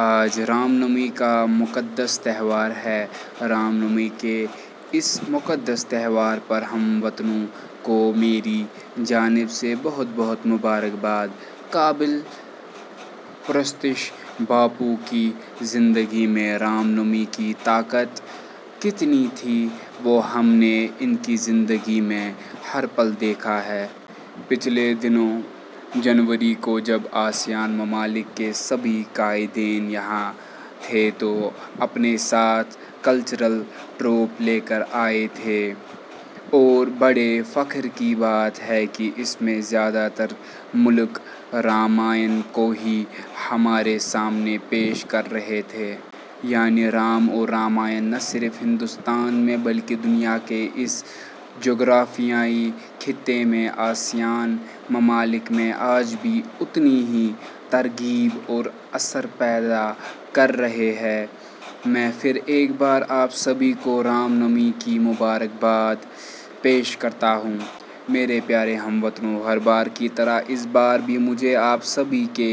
آج رام نومی کا مقدس تہوار ہے۔ رام نومی کے اس مقدس تہوار پر ہم وطنوں کو میری جانب سے بہت بہت مبارکباد۔ قابل پرستش باپو کی زندگی میں 'رام نومی' کی طاقت کتنی تھی وہ ہم نے ان کی زندگی میں ہر پل دیکھا ہے۔ پچھلے دنوں جنوری کو جب آسیان ممالک کے سبھی قائدین یہاں تھے تو اپنے ساتھ کلچرل ٹروپ لے کر آئے تھے اور بڑے فخر کی بات ہے کہ اس میں زیادہ تر ملک رامائن کو ہی ہمارے سامنے پیش کر رہے تھے۔ یعنی رام اور رامائن ، نہ صرف ہندوستان میں بلکہ دنیا کے اس جغرافیائی خطے میں آسیان ممالک میں آج بھی اتنی ہی ترغیب اور اثر پیدا کر رہے ہیں۔ میں پھر ایک بار آپ سبھی کو رام نومی کی مبارکباد پیش کرتا ہوں۔ میرے پیارے ہم وطنوں ، ہر بار کی طرح اس بار بھی مجھے آپ سبھی کے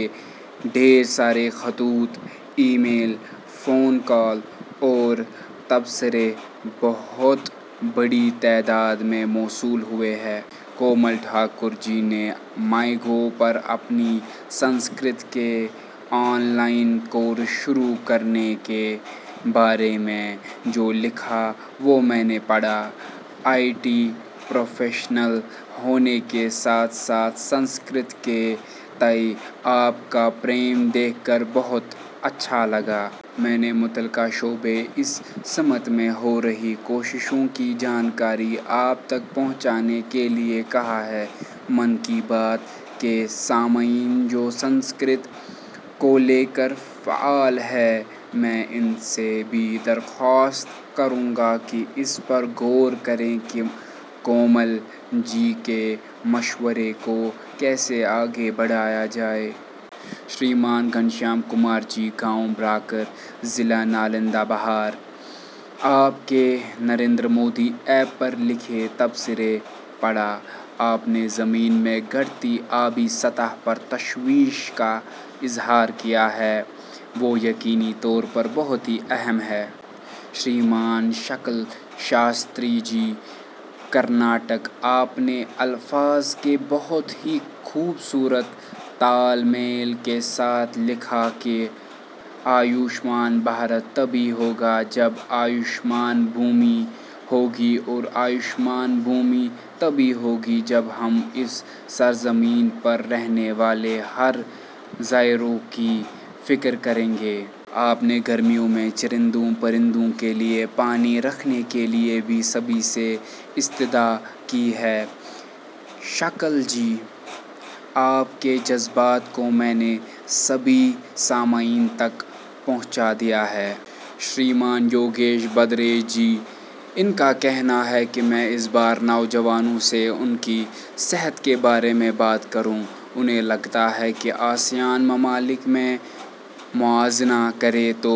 ڈھیر سارے خطوط ، ای میل، فون کال اور تبصرے بہت بڑی تعداد میں موصول ہوئے ہیں۔ کومل ٹھاکر جی نے مائی گو پر اپنی سنسکرت کے آن لائن کورس شروع کرنے کے بارے میں جو لکھا وہ میں نے پڑھا۔ آئی ٹی پروفیشنل ہونے کے ساتھ ساتھ سنسکرت کے تئیں آپ کا پریم دیکھ کر بہت اچھا لگا۔ میں نے متعلقہ شعبے اس سمت میں ہو رہی کوششوں کی جانکاری آپ تک پہنچانے کے لیے کہا ہے۔ 'من کی بات' کے سامعین جو سنسکرت کو لے کر فعال ہیں ، میں ان سے بھی درخواست کروں گا کہ اس پر غور کریں کہ کومل جی کے مشورے کو کیسے آگے بڑھایا جائے۔ شریمان گھنشیام کمار جی ، گاؤں براکر، ضلع نالندہ ، بہار – آپ کے نریندر مودی ایپ پر لکھے تبصرے پڑھا۔ آپ نے زمین میں گھٹتی آبی سطح پر تشویش کا اظہار کیا ہے ، وہ یقینی طور پر بہت ہی اہم ہے۔ شریمان شکل شاستری جی ، کرناٹک – آپ نے الفاظ کے بہت ہی خوبصورت تال میل کے ساتھ لکھا کہ 'آیوش مان بھارت 'تبھی ہوگا جب 'آیوش مان بھومی ' ہوگی اور 'آیوش مان بھومی' تبھی ہوگی جب ہم اس سرزمین پر رہنے والے ہر ذی روح کی فکر کریں گے۔ آپ نے گرمیوں میں چرندوں پرندوں کے لیے پانی رکھنے کے لیے بھی سبھی سے استدعا کی ہے۔ شکل جی ، آپ کے جذبات کو میں نے سبھی سامعین تک پہنچا دیا ہے۔ شریمان یوگیش بھدریش جی ، ان کا کہنا ہے کہ میں اس بار نوجوانوں سے ان کی صحت کے بارے میں بات کروں۔ انہیں لگتا ہے کہ آسیان ممالک میں موازنہ کریں تو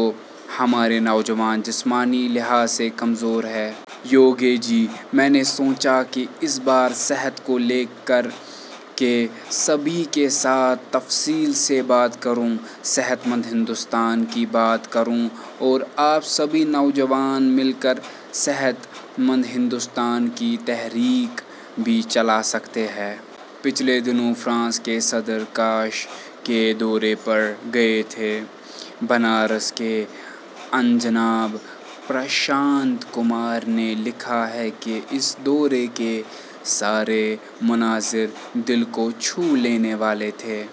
ہمارے نوجوان جسمانی لحاظ سے کمزور ہیں۔ یوگیش جی، میں نے سوچا کہ اس بار صحت کو لے کر کے سبھی کے ساتھ تفصیل سے بات کروں۔ صحت مند ہندوستان کی بات کروں اور آپ سبھی نوجوان مل کر صحت مندہندوستان کی تحریک بھی چلا سکتے ہیں۔ پچھلے دنوں فرانس کے صدر کاشی کے دورے پر گئے تھے۔ بنارس کے آنجناب پرشانت کمار نے لکھا ہے کہ اس دورے کے سارے مناظر ، دل کو چھو لینے والے تھے۔